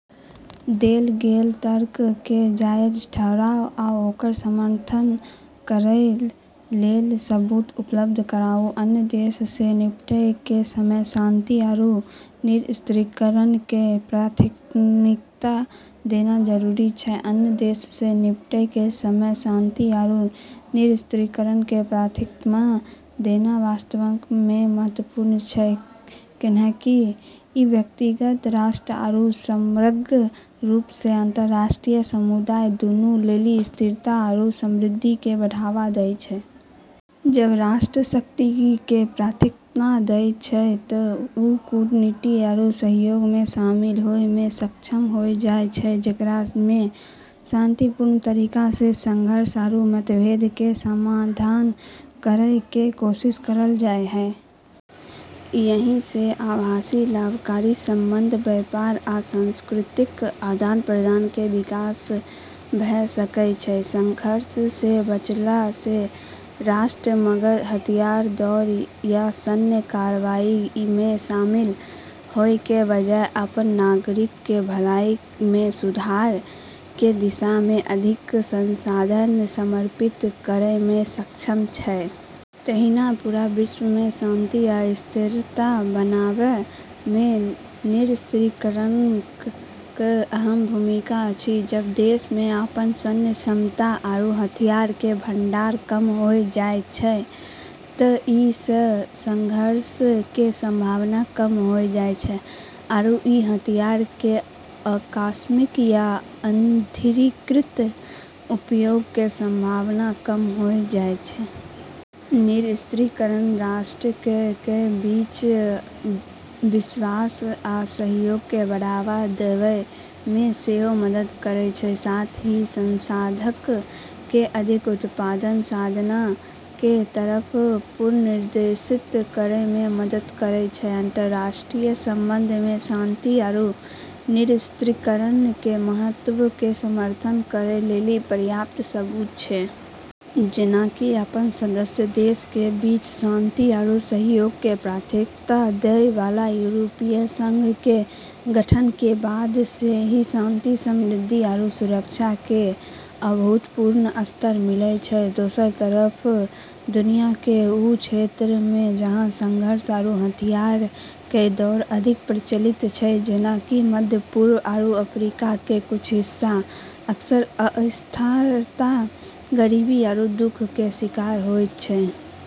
देल गेल तर्क के जायज ठहराउ आ ओकर समर्थन करय लेल सबूत उपलब्ध कराउ। अन्य देशऽ स॑ निपटै के समय शांति आरू निरस्त्रीकरण क॑ प्राथमिकता देना जरूरी छै। अन्य देशऽ स॑ निपटै के समय शांति आरू निरस्त्रीकरण क॑ प्राथमिकता देना वास्तव म॑ महत्वपूर्ण छै, कैन्हेंकि ई व्यक्तिगत राष्ट्र आरू समग्र रूप स॑ अंतरराष्ट्रीय समुदाय दूनू लेली स्थिरता आरू समृद्धि क॑ बढ़ावा दै छै। जब॑ राष्ट्र शांति क॑ प्राथमिकता दै छै त॑ वू कूटनीति आरू सहयोग म॑ शामिल होय म॑ सक्षम होय जाय छै, जेकरा म॑ शांतिपूर्ण तरीका स॑ संघर्ष आरू मतभेद के समाधान करै के कोशिश करलऽ जाय छै। एहि सं आपसी लाभकारी संबंध, व्यापार, आ सांस्कृतिक आदान-प्रदान के विकास भ सकैत अछि. संघर्ष स॑ बचला स॑ राष्ट्र महग हथियार दौड़ या सैन्य कार्रवाई म॑ शामिल होय के बजाय, अपनऽ नागरिकऽ के भलाई म॑ सुधार के दिशा म॑ अधिक संसाधन समर्पित करै म॑ सक्षम छै। तहिना पूरा विश्व मे शांति आ स्थिरता बनेबा मे निरस्त्रीकरणक अहम भूमिका अछि। जब॑ देशऽ म॑ अपनऽ सैन्य क्षमता आरू हथियारऽ के भंडार कम होय जाय छै त॑ ई स॑ संघर्ष के संभावना कम होय जाय छै आरू ई हथियारऽ के आकस्मिक या अनधिकृत उपयोग के संभावना कम होय जाय छै। निरस्त्रीकरण राष्ट्रक कें बीच विश्वास आ सहयोग कें बढ़ावा देवय मे सेहो मदद करय छै, साथ ही संसाधनक कें अधिक उत्पादक साधना कें तरफ पुनर्निर्देशित करय मे मदद करय छै. अंतरराष्ट्रीय संबंधऽ म॑ शांति आरू निरस्त्रीकरण के महत्व के समर्थन करै लेली पर्याप्त सबूत छै। जेना कि अपनऽ सदस्य देशऽ के बीच शांति आरू सहयोग क॑ प्राथमिकता दै वाला यूरोपीय संघ केरऽ गठन के बाद स॑ ही शांति, समृद्धि आरू सुरक्षा केरऽ अभूतपूर्व स्तर मिललऽ छै। दोसरऽ तरफ दुनिया केरऽ वू क्षेत्रऽ म॑ जहाँ संघर्ष आरू हथियार केरऽ दौड़ अधिक प्रचलित छै, जेना कि मध्य पूर्व आरू अफ्रीका केरऽ कुछ हिस्सा, अक्सर अस्थिरता, गरीबी आरू दुख केरऽ शिकार होय छै।